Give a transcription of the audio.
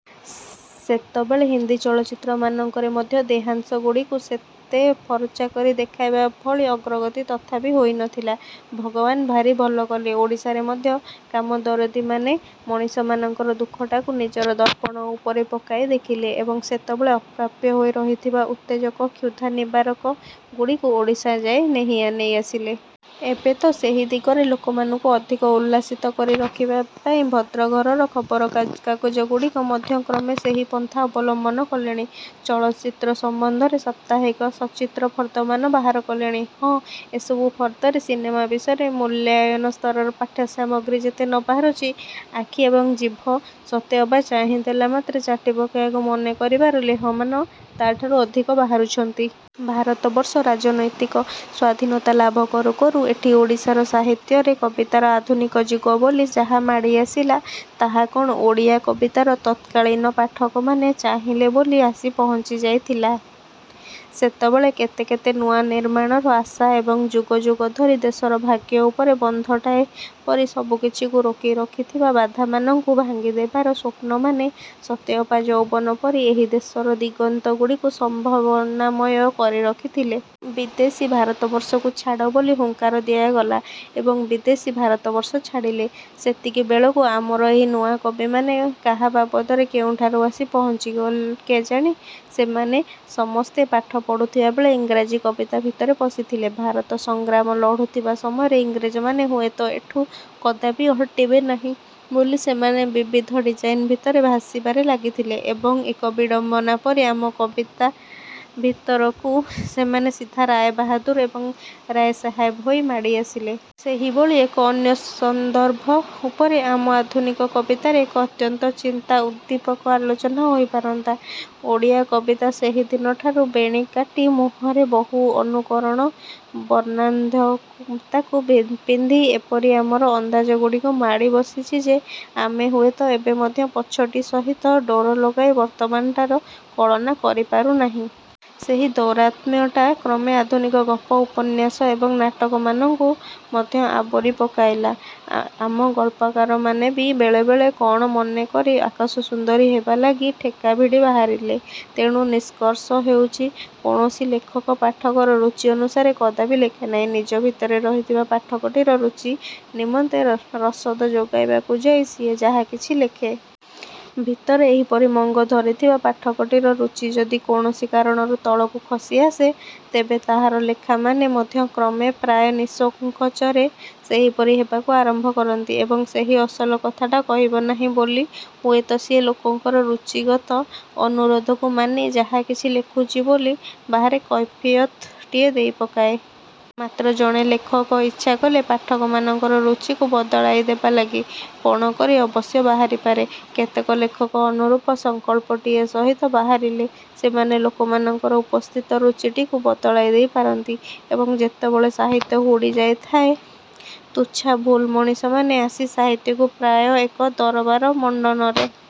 ସେତେବେଳେ ହିନ୍ଦି ଚଳଚ୍ଚିତ୍ର ମାନଙ୍କରେ ମଧ୍ୟ ଦେହାଂଶଗୁଡ଼ିକୁ ସେତେ ଫରଚା କରି ଦେଖାଇବା ଭଳି ଅଗ୍ରଗତି ତଥାପି ହୋଇନଥିଲା। ଭଗବାନ ଭାରି ଭଲ କଲେ ଓଡ଼ିଶାରେ ମଧ୍ୟ କାମଦରଦୀମାନେ ମଣିଷମାନଙ୍କର ଦୁଃଖଟାକୁ ନିଜର ଦର୍ପଣ ଉପରେ ପକାଇ ଦେଖିଲେ ଏବଂ ସେତେବେଳେ ଅପ୍ରାପ୍ୟ ହୋଇ ରହିଥିବା ଉତ୍ତେଜକ କ୍ଷୁଧାନିବାରକଗୁଡ଼ିକୁ ଓଡ଼ିଶା ଯାଏ ନେଇ ଆସିଲେ। ଏବେ ତ ସେହି ଦିଗରେ ଲୋକମାନଙ୍କୁ ଅଧିକ ଉଲ୍ଲସିତ କରି ରଖିବା ପାଇଁ ଭଦ୍ର ଘରର ଖବରକାଗଜଗୁଡ଼ିକ ମଧ୍ୟ କ୍ରମେ ସେହି ପନ୍ଥା ଅବଲମ୍ବନ କଲେଣି। ଚଳଚ୍ଚିତ୍ର ସମ୍ବନ୍ଧରେ ସାପ୍ତାହିକ ସଚିତ୍ର ଫର୍ଦ୍ଦମାନ ବାହାର କଲେଣି। ହଁ ଏସବୁ ଫର୍ଦ୍ଦରେ ସିନେମା ବିଷୟରେ ମୂଲ୍ୟାୟନସ୍ତରର ପାଠ୍ୟସାମଗ୍ରୀ ଯେତେ ନବାହାରୁଛି, ଆଖି ଏବଂ ଜିଭ ସତେ ଅବା ଚାହିଁ ଦେଲାମାତ୍ରେ ଚାଟି ପକାଇବାକୁ ମନ କରିବାର ଲେହମାନ ତାଠାରୁ ଅଧିକ ବାହାରୁଛନ୍ତି। ଭାରତବର୍ଷ ରାଜନୀତିକ ସ୍ୱାଧୀନତା ଲାଭ କରୁ କରୁ ଏଠି ଓଡ଼ିଶାର ସାହିତ୍ୟରେ କବିତାର ଆଧୁନିକ ଯୁଗ ବୋଲି ଯାହା ମାଡ଼ି ଆସିଲା। ତାହା କଣ ଓଡ଼ିଆ କବିତାର ତତ୍କାଳୀନ ପାଠକମାନେ ଚାହିଲେ ବୋଲି ଆସି ପହଞ୍ଚି ଯାଇଥିଲା? ସେତେବେଳେ କେତେ କେତେ ନୂଆ ନିର୍ମାଣର ଆଶା ଏବଂ ଯୁଗ ଯୁଗ ଧରି ଦେଶର ଭାଗ୍ୟ ଉପରେ ବନ୍ଧଟାଏ ପରି ସବୁକିଛିକୁ ରୋକି ରଖିଥିବା ବାଧାମାନଙ୍କୁ ଭାଙ୍ଗିଦେବାର ସ୍ଵପ୍ନମାନେ ସତେ ଅବା ଯୌବନ ପରି ଏହି ଦେଶର ଦିଗନ୍ତଗୁଡ଼ିକୁ ସମ୍ଭାବନାମୟ କରି ରଖିଥିଲେ। ବିଦେଶୀ ଭାରତବର୍ଷକୁ ଛାଡ଼ ବୋଲି ହୁଙ୍କାର ଦିଆଗଲା ଏବଂ ବିଦେଶୀ ଭାରତବର୍ଷ ଛାଡ଼ିଲେ। ସେତିକିବେଳକୁ ଆମର ଏହି ନୂଆ କବିମାନେ କାହା ବରାଦରେ କେଉଁଠାରୁ ଆସି ପହଞ୍ଚିଲେ କେଜାଣି? ସେମାନେ ସମସ୍ତେ ପାଠ ପଢୁଥିବା ବେଳେ ଇଂରାଜୀ କବିତା ଭିତରେ ପଶିଥିଲେ। ଭାରତ ସଂଗ୍ରାମ ଲଢୁଥିବା ସମୟରେ ଇଂରେଜମାନେ ହୁଏତ ଏଠୁ କଦାପି ହଟିବେ ନାହିଁ ବୋଲି ସେମାନେ ବିବିଧ ଡ଼ିଜାଇନ୍ ଭିତରେ ଭାସିବାରେ ଲାଗିଥିଲେ ଏବଂ ଏକ ବିଡ଼ମ୍ବନା ପରି ଆମ କିବତା ଭିତରକୁ ସେମାନେ ସିଧା ରାୟ ବାହାଦୁର ଏବଂ ରାୟ ସାହେବ ହୋଇ ମାଡ଼ିଆସିଲେ। ସେହିଭଳି ଏକ ଅନ୍ୟ ସନ୍ଦର୍ଭ ଉପରେ ଆମ ଆଧୁନିକ କବିତାରେ ଏକ ଅତ୍ୟନ୍ତ ଚିନ୍ତାଉବ୍ଦୀପକ ଆଲୋଚନା ହୋଇପାରନ୍ତା। ଓଡ଼ିଆ କବିତା ସେହିଦିନଠାରୁ ବେଣୀ କାଟି ମୁହଁରେ ବହୁ ଅନୁକରଣର ବର୍ଣ୍ଣାଢ଼୍ୟତାକୁ ପିନ୍ଧି ଏପରି ଆମର ଅନ୍ଦାଜଗୁଡ଼ିକୁ ମାଡ଼ି ବସିଛି ଯେ ଆମେ ହୁଏତ ଏବେ ମଧ୍ୟ ପଛଟି ସହିତ ଡୋର ଲଗାଇ ବର୍ତ୍ତମାନଟାର କଳନା କରି ପାରୁନାହିଁ। ସେହି ଦୌରାତ୍ମ୍ୟଟା କ୍ରମେ ଆଧୁନିକ ଗପ ଉପନ୍ୟାସ ଏବଂ ନାଟକମାନଙ୍କୁ ମଧ୍ୟ ଆବୋରି ପକାଇଲା। ଆମ ଗଳ୍ପାକାରମାନେ ବି ବେଳେବେଳେ କଣ ମନକରି ଆକାଶସୁନ୍ଦରୀ ହେବାଲାଗି ଠେକା ଭିଡ଼ି ବାହାରିଲେ। ତେଣୁ ନିଷ୍କର୍ଷ ହେଉଛି। କୌଣସି ଲେଖକ ପାଠକର ରୁଚି ଅନୁସାରେ କଦାପି ଲେଖେନାହିଁ। ନିଜ ଭିତରେ ରହିଥିବା ପାଠକଟିର ରୁଚି ନିମନ୍ତେ ରସଦ ଯୋଗାଇବାକୁ ଯାଇ ସିଏ ଯାହାକିଛି ଲେଖେ। ଭିତରେ ଏହିପରି ମଙ୍ଗ ଧରିଥିବା ପାଠକଟିର ରୁଚି ଯଦି କୌଣସି କାରଣରୁ ତଳକୁ ଖସି ଆସେ। ତେବେ ତାହାର ଲେଖାମାନେ ମଧ୍ୟ କ୍ରମେ ପ୍ରାୟ ନିଃସଙ୍କୋଚରେ ସେହିପରି ହେବାକୁ ଆରମ୍ଭ କରନ୍ତି। ଏବଂ ସେହି ଅସଲ କଥାଟା କହିବ ନାହିଁ ବୋଲି ହୁଏତ ସିଏ ଲୋକଙ୍କର ରୁଚିଗତ ଅନୁରୋଧକୁ ମାନି ଯାହାକିଛି ଲେଖୁଛି ବୋଲି ବାହାରେ କୈଫିୟତଟିଏ ଦେଇପକାଏ। ମାତ୍ର ଜଣେ ଲେଖକ ଇଚ୍ଛା କଲେ ପାଠକମାନଙ୍କର ରୁଚିକୁ ବଦଳାଇ ଦେବାଲାଗି ପଣ କରି ଅବଶ୍ୟ ବାହାରିପାରେ। କେତେକ ଲେଖକ ଅନୁରୂପ ସଂକଳ୍ପଟିଏ ସହିତ ବାହାରିଲେ ସେମାନେ ଲୋକମାନଙ୍କର ଉପସ୍ଥିତ ରୁଚିଟିକୁ ବଦଳାଇ ଦେଇପାରନ୍ତି। ଏବଂ ଯେତେବେଳେ ସାହିତ୍ୟ ହୁଡ଼ି ଯାଇଥାଏ। ତୁଚ୍ଛା ଭୁଲ ମଣିଷମାନେ ଆସି ସାହିତ୍ୟକୁ ପ୍ରାୟ ଏକ ଦରବାରମଣ୍ଡନରେ।